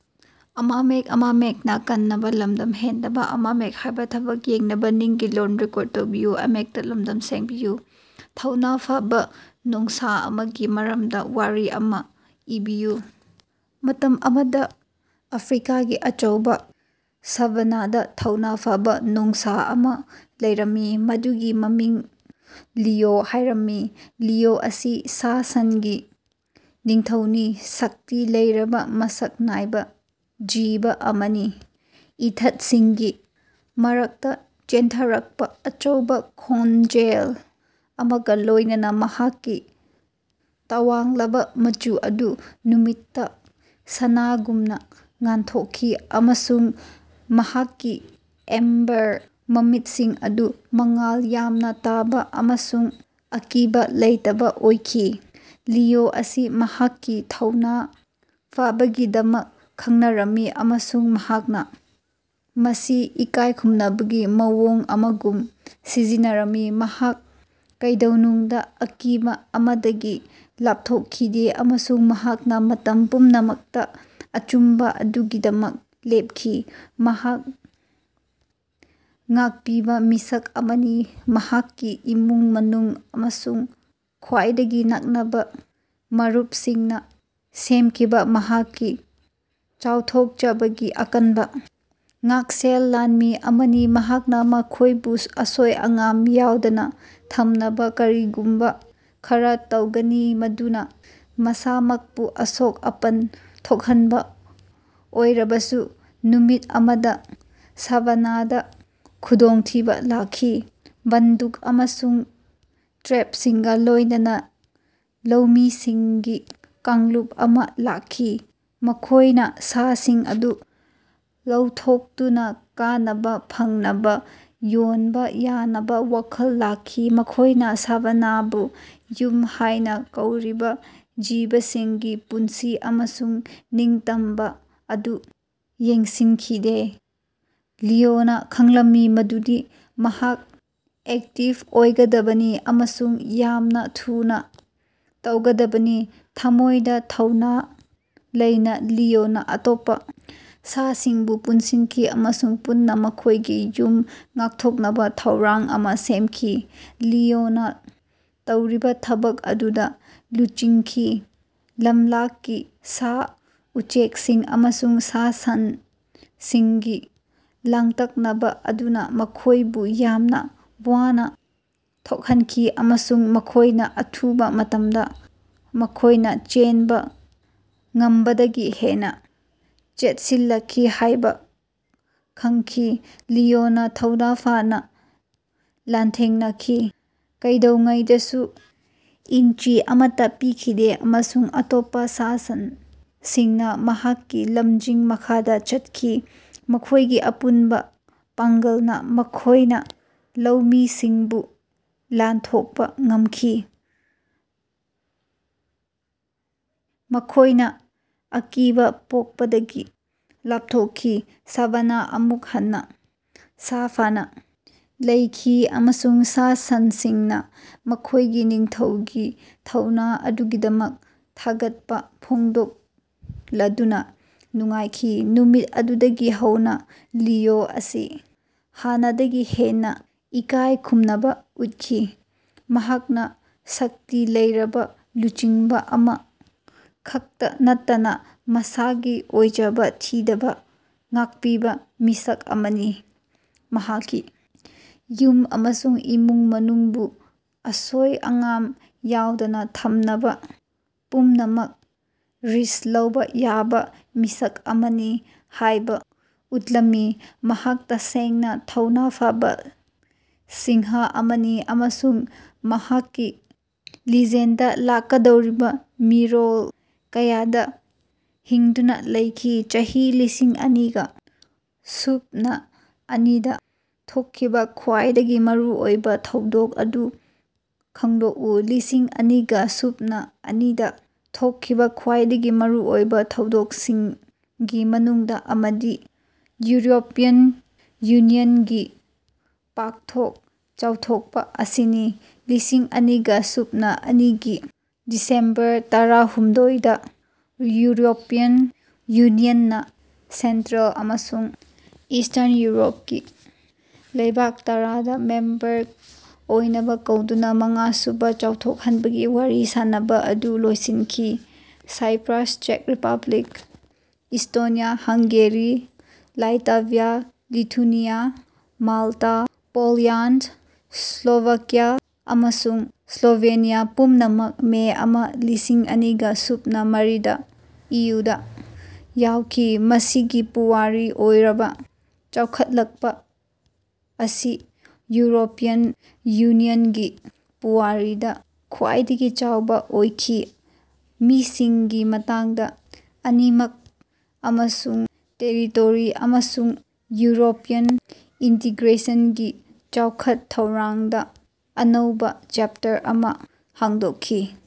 ꯊꯧꯅꯥ ꯐꯕꯥ ꯅꯣꯡꯁꯥ ꯑꯃꯒꯤ ꯃꯔꯝꯗ ꯋꯥꯔꯤ ꯑꯃ ꯏꯕꯤꯌꯨ꯫ ꯃꯇꯝ ꯑꯃꯗꯥ ꯑꯐ꯭ꯔꯤꯀꯥꯒꯤ ꯑꯆꯧꯕꯥ ꯁꯥꯚꯥꯅꯥꯗ ꯊꯧꯅꯥ ꯐꯕ ꯅꯣꯡꯁꯥ ꯑꯃ ꯂꯩꯔꯝꯃꯤ꯫ ꯃꯗꯨꯒꯤ ꯃꯃꯤꯡ ꯂꯤꯑꯣ ꯍꯥꯢꯔꯝꯃꯤ꯫ ꯂꯤꯑꯣ ꯑꯁꯤ ꯁꯥ-ꯁꯟꯒꯤ ꯅꯤꯡꯊꯧꯅꯤ ꯁꯛꯇꯤ ꯂꯩꯔꯕꯥ ꯃꯁꯛ ꯅꯥꯏꯕ ꯖꯤꯕ ꯑꯃꯅꯤ ꯏꯊꯠꯁꯤꯡꯒꯤ ꯃꯔꯛꯇꯥ ꯆꯦꯟꯊꯔꯛꯄ ꯑꯆꯧꯕꯥ ꯈꯣꯟꯖꯦꯜ ꯑꯃꯒ ꯂꯣꯢꯅꯅꯥ ꯃꯍꯥꯛꯀꯤ ꯇꯋꯥꯡꯂꯕ ꯃꯆꯨ ꯑꯗꯨ ꯅꯨꯃꯤꯠꯇ ꯁꯅꯥꯒꯨꯝꯅ ꯉꯥꯟꯊꯣꯛꯈꯤ ꯑꯃꯁꯨꯡ ꯃꯍꯥꯛꯀꯤ ꯑꯦꯝꯕꯔ ꯃꯃꯤꯠꯁꯤꯡ ꯑꯗꯨ ꯃꯉꯥꯜ ꯌꯥꯝꯅꯥ ꯇꯥꯕꯥ ꯑꯃꯁꯨꯡ ꯑꯀꯤꯕꯥ ꯂꯩꯇꯕꯥ ꯑꯣꯏꯈꯤ꯫ ꯂꯤꯑꯣ ꯑꯁꯤ ꯃꯍꯥꯛꯀꯤ ꯊꯧꯅꯥ ꯐꯕꯒꯤꯗꯃꯛ ꯈꯡꯅꯔꯝꯃꯤ ꯑꯃꯁꯨꯡ ꯃꯍꯥꯛꯅ ꯃꯁꯤ ꯏꯀꯥꯢ ꯈꯨꯝꯅꯕꯒꯤ ꯃꯑꯣꯡ ꯑꯃꯒꯨꯝ ꯁꯤꯖꯤꯟꯅꯔꯝꯃꯤ꯫ ꯃꯍꯥꯛ ꯀꯩꯗꯧꯅꯨꯡꯗ ꯑꯀꯤꯕ ꯑꯃꯗꯒꯤ ꯂꯥꯞꯊꯣꯛꯈꯤꯗꯦ ꯑꯃꯁꯨꯡ ꯃꯍꯥꯛꯅ ꯃꯇꯝ ꯄꯨꯝꯅꯃꯛꯇ ꯑꯆꯨꯝꯕ ꯑꯗꯨꯒꯤꯗꯃꯛ ꯂꯦꯞꯈꯤ꯫ ꯃꯍꯥꯛ ꯉꯥꯛꯄꯤꯕ ꯃꯤꯁꯛ ꯑꯃꯅꯤ ꯃꯍꯥꯛꯀꯤ ꯏꯃꯨꯡ ꯃꯅꯨꯡ ꯑꯃꯁꯨꯡ ꯈ꯭ꯋꯥꯏꯗꯒꯤ ꯅꯛꯅꯕ ꯃꯔꯨꯞꯁꯤꯡꯅ ꯁꯦꯝꯈꯤꯕꯥ ꯃꯍꯥꯛꯀꯤ ꯆꯥꯎꯊꯣꯛꯆꯕꯒꯤ ꯑꯀꯟꯕ ꯉꯥꯛꯁꯦꯜ ꯂꯥꯟꯃꯤ ꯑꯃꯅꯤ꯫ ꯃꯍꯥꯛꯅ ꯃꯈꯣꯢꯕꯨ ꯑꯁꯣꯏ ꯑꯉꯥꯝ ꯌꯥꯎꯗꯅ ꯊꯝꯅꯕ ꯀꯔꯤꯒꯨꯝꯕ ꯈꯔ ꯇꯧꯒꯅꯤ ꯃꯗꯨꯅ ꯃꯁꯥꯃꯛꯄꯨ ꯑꯁꯣꯛ-ꯑꯄꯟ ꯊꯣꯛꯍꯟꯕ ꯑꯣꯏꯔꯕꯁꯨ꯫ ꯅꯨꯃꯤꯠ ꯑꯃꯗ ꯁꯥꯚꯥꯅꯥꯗ ꯈꯨꯗꯣꯡꯊꯤꯕ ꯂꯥꯛꯈꯤ꯫ ꯕꯟꯗꯨꯛ ꯑꯃꯁꯨꯡ ꯇ꯭ꯔꯦꯞꯁꯤꯡꯒ ꯂꯣꯢꯅꯅꯥ ꯂꯧꯃꯤꯁꯤꯡꯒꯤ ꯀꯥꯡꯂꯨꯞ ꯑꯃ ꯂꯥꯛꯈꯤ ꯃꯈꯣꯢꯅ ꯁꯥꯁꯤꯡ ꯑꯗꯨ ꯂꯧꯊꯣꯛꯇꯨꯅꯥ ꯀꯥꯟꯅꯕꯥ ꯐꯪꯅꯕꯥ ꯌꯣꯟꯕꯥ ꯌꯥꯅꯕꯥ ꯋꯥꯈꯜ ꯂꯥꯛꯈꯤ꯫ ꯃꯈꯣꯢꯅ ꯁꯥꯚꯥꯅꯥꯕꯨ ꯌꯨꯝ ꯍꯥꯢꯅ ꯀꯧꯔꯤꯕ ꯖꯤꯕꯁꯤꯡꯒꯤ ꯄꯨꯟꯁꯤ ꯑꯃꯁꯨꯡ ꯅꯤꯡꯇꯝꯕ ꯑꯗꯨ ꯌꯦꯡꯁꯤꯟꯈꯤꯗꯦ꯫ ꯂꯤꯑꯣꯅꯥ ꯈꯡꯂꯝꯃꯤ ꯃꯗꯨꯗꯤ ꯃꯍꯥꯛ ꯑꯦꯛꯇꯤꯕ ꯑꯣꯏꯒꯗꯕꯅꯤ ꯑꯃꯁꯨꯡ ꯌꯥꯝꯅ ꯊꯨꯅꯥ ꯇꯧꯒꯗꯕꯅꯤ꯫ ꯊꯃꯣꯢꯗ ꯊꯧꯅ ꯂꯩꯅ ꯂꯤꯑꯣꯅ ꯑꯇꯣꯞꯄ ꯁꯥꯁꯤꯡꯕꯨ ꯄꯨꯟꯁꯤꯟꯈꯤ ꯑꯃꯁꯨꯡ ꯄꯨꯟꯅ ꯃꯈꯣꯢꯒꯤ ꯌꯨꯝ ꯉꯥꯛꯊꯣꯛꯅꯕ ꯊꯧꯔꯥꯡ ꯑꯃ ꯁꯦꯝꯈꯤ꯫ ꯂꯤꯑꯣꯅ ꯇꯧꯔꯤꯕ ꯊꯕꯛ ꯑꯗꯨꯗ ꯂꯨꯆꯤꯡꯈꯤ꯫ ꯂꯝꯂꯛꯀꯤ ꯁꯥ-ꯎꯆꯦꯛꯁꯤꯡ ꯑꯃꯁꯨꯡ ꯁꯥ-ꯁꯟꯁꯤꯡꯒꯤ ꯂꯥꯡꯇꯛꯅꯕ ꯑꯗꯨꯅ ꯃꯈꯣꯢꯕꯨ ꯌꯥꯝꯅ ꯋꯥꯅ ꯊꯣꯛꯍꯟꯈꯤ ꯑꯃꯁꯨꯡ ꯃꯈꯣꯢꯅ ꯑꯊꯨꯕ ꯃꯇꯝꯗꯥ ꯃꯈꯣꯢꯅꯥ ꯆꯦꯟꯕ ꯉꯝꯕꯗꯒꯤ ꯍꯦꯟꯅꯥ ꯆꯦꯠꯁꯤꯜꯂꯛꯈꯤ ꯍꯥꯢꯕ ꯈꯡꯈꯤ꯫ ꯂꯤꯑꯣꯅ ꯊꯧꯅꯥ ꯐꯅ ꯂꯥꯟꯊꯦꯡꯅꯈꯤ ꯀꯩꯗꯧꯉꯩꯗꯁꯨ ꯏꯟꯆꯤ ꯑꯃꯠꯇꯥ ꯄꯤꯈꯤꯗꯦ ꯑꯃꯁꯨꯡ ꯑꯇꯣꯞꯄ ꯁꯥ-ꯁꯟꯁꯤꯡꯅ ꯃꯍꯥꯛꯀꯤ ꯂꯝꯖꯤꯡ ꯃꯈꯥꯗ ꯆꯠꯈꯤ꯫ ꯃꯈꯣꯢꯒꯤ ꯑꯄꯨꯟꯕ ꯄꯥꯡꯒꯜꯅ ꯃꯈꯣꯢꯅ ꯂꯧꯃꯤꯁꯤꯡꯕꯨ ꯂꯥꯟꯊꯣꯛꯄ ꯉꯝꯈꯤ ꯃꯈꯣꯢꯅ ꯑꯀꯤꯕ ꯄꯣꯛꯄꯗꯒꯤ ꯂꯥꯞꯊꯣꯛꯈꯤ꯫ ꯁꯥꯚꯥꯅꯥ ꯑꯃꯨꯛ ꯍꯟꯅ ꯁꯥꯐꯅꯥ ꯂꯩꯈꯤ ꯑꯃꯁꯨꯡ ꯁꯥ-ꯁꯟꯁꯤꯡꯅ ꯃꯈꯣꯢꯒꯤ ꯅꯤꯡꯊꯧꯒꯤ ꯊꯧꯅꯥ ꯑꯗꯨꯒꯤꯗꯃꯛ ꯊꯥꯒꯠꯄ ꯐꯣꯡꯗꯣꯛꯂꯗꯨꯅ ꯅꯨꯡꯉꯥꯏꯈꯤ꯫ ꯅꯨꯃꯤꯠ ꯑꯗꯨꯗꯒꯤ ꯍꯧꯅꯥ ꯂꯤꯑꯣ ꯑꯁꯤ ꯍꯥꯟꯅꯗꯒꯤ ꯍꯦꯟꯅꯥ ꯏꯀꯥꯢꯈꯨꯝꯅꯕ ꯎꯠꯈꯤ꯫ ꯃꯍꯥꯛꯅ ꯁꯛꯇꯤ ꯂꯩꯔꯕ ꯂꯨꯆꯤꯡꯕ ꯑꯃ ꯈꯛꯇ ꯅꯠꯇꯅ ꯃꯁꯥꯒꯤ ꯑꯣꯏꯖꯕ ꯊꯤꯗꯕ ꯉꯥꯛꯄꯤꯕ ꯃꯤꯁꯛ ꯑꯃꯅꯤ꯫ ꯃꯍꯥꯛꯀꯤ ꯌꯨꯝ ꯑꯃꯁꯨꯡ ꯏꯃꯨꯡ ꯃꯅꯨꯡꯕꯨ ꯑꯁꯣꯏ ꯑꯉꯥꯝ ꯌꯥꯎꯗꯅ ꯊꯝꯅꯕ ꯄꯨꯝꯅꯃꯛ ꯔꯤꯁ꯭ꯛ ꯂꯧꯕ ꯌꯥꯕ ꯃꯤꯁꯛ ꯑꯃꯅꯤ ꯍꯥꯢꯕ ꯎꯠꯂꯝꯃꯤ꯫ ꯃꯍꯥꯛ ꯇꯁꯦꯡꯅ ꯊꯧꯅꯥ ꯐꯕ ꯁꯤꯡꯍ ꯑꯃꯅꯤ ꯑꯃꯁꯨꯡ ꯃꯍꯥꯛꯀꯤ ꯂꯤꯖꯦꯟꯗ ꯂꯥꯛꯀꯗꯧꯔꯤꯕꯥ ꯃꯤꯔꯣꯜ ꯀꯌꯥꯗꯥ ꯍꯤꯡꯗꯨꯅꯥ ꯂꯩꯈꯤ꯫ ꯆꯍꯤ ꯂꯤꯁꯤꯡ ꯑꯅꯤꯒ ꯁꯨꯞꯅ ꯑꯅꯤꯗ ꯊꯣꯛꯈꯤꯕ ꯈ꯭ꯋꯥꯏꯗꯒꯤ ꯃꯔꯨꯑꯣꯏꯕ ꯊꯧꯗꯣꯛ ꯑꯗꯨ ꯈꯡꯗꯣꯛꯎ꯫ ꯂꯤꯁꯤꯡ ꯑꯅꯤꯒ ꯁꯨꯞꯅ ꯑꯅꯤꯗꯥ ꯊꯣꯛꯈꯤꯕ ꯈ꯭ꯋꯥꯏꯗꯒꯤ ꯃꯔꯨꯑꯣꯏꯕ ꯊꯧꯗꯣꯛꯁꯤꯡꯒꯤ ꯃꯅꯨꯡꯗ ꯑꯃꯗꯤ ꯌꯨꯔꯣꯄꯤꯌꯟ ꯌꯨꯅꯤꯌꯟꯒꯤ ꯄꯥꯛꯊꯣꯛ ꯆꯥꯎꯊꯣꯛꯄ ꯑꯁꯤꯅꯤ꯫ ꯂꯤꯁꯤꯡ ꯑꯅꯤꯒ ꯁꯨꯞꯅ ꯑꯅꯤꯒꯤ ꯗꯤꯁꯦꯝꯕꯔ ꯇꯔꯥꯍꯨꯝꯗꯣꯏꯗ ꯌꯨꯔꯣꯄꯤꯌꯟ ꯌꯨꯅꯤꯌꯟꯅ ꯁꯦꯟꯇ꯭ꯔꯦꯜ ꯑꯃꯁꯨꯡ ꯏꯁ꯭ꯇꯔꯟ ꯌꯨꯔꯣꯄꯀꯤ ꯂꯩꯕꯥꯛ ꯇꯔꯥꯗꯥ ꯃꯦꯝꯕꯔ ꯑꯣꯏꯅꯕ ꯀꯧꯗꯨꯅ ꯃꯉꯥꯁꯨꯕꯥ ꯆꯥꯎꯊꯣꯛꯍꯟꯕꯒꯤ ꯋꯥꯔꯤ ꯁꯥꯅꯕꯥ ꯑꯗꯨ ꯂꯣꯏꯁꯤꯟꯈꯤ꯫ ꯁꯥꯏꯞꯔꯥꯁ, ꯆꯦꯛ Republic, Estonia, Hungary, Latvia, Lithuania, Malta, Poland, Slovakia ꯑꯃꯁꯨꯡ ꯁ꯭ꯂꯣꯚꯦꯅꯤꯌꯥ ꯄꯨꯝꯅꯃꯛ ꯃꯦ ꯑꯃꯥ ꯂꯤꯁꯤꯡ ꯑꯅꯤꯒ ꯁꯨꯞꯅ ꯃꯔꯤꯗꯥ ꯏꯌꯨꯗ ꯌꯥꯎꯈꯤ ꯃꯁꯤꯒꯤ ꯄꯨꯋꯥꯔꯤ ꯑꯣꯏꯔꯕ ꯆꯥꯎꯈꯠꯂꯛꯄꯥ ꯑꯁꯤ ꯌꯨꯔꯣꯄꯤꯌꯟ ꯌꯨꯅꯤꯌꯟꯒꯤ ꯄꯨꯋꯥꯔꯤꯗ ꯈ꯭ꯋꯥꯏꯗꯒꯤ ꯆꯥꯎꯕ ꯑꯣꯏꯈꯤ ꯃꯤꯁꯤꯡꯒꯤ ꯃꯇꯥꯡꯗ ꯑꯅꯤꯃꯛ ꯑꯃꯁꯨꯡ ꯇꯦꯔꯤꯇꯣꯔꯤ ꯑꯃꯁꯨꯡ ꯌꯨꯔꯣꯄꯤꯌꯟ ꯏꯟꯇꯤꯒ꯭ꯔꯦꯁꯟꯒꯤ ꯆꯥꯎꯈꯠ-ꯊꯧꯔꯥꯡꯗꯥ ꯑꯅꯧꯕꯥ ꯆꯦꯞꯇꯔ ꯑꯃ ꯍꯥꯡꯗꯣꯛꯈꯤ꯫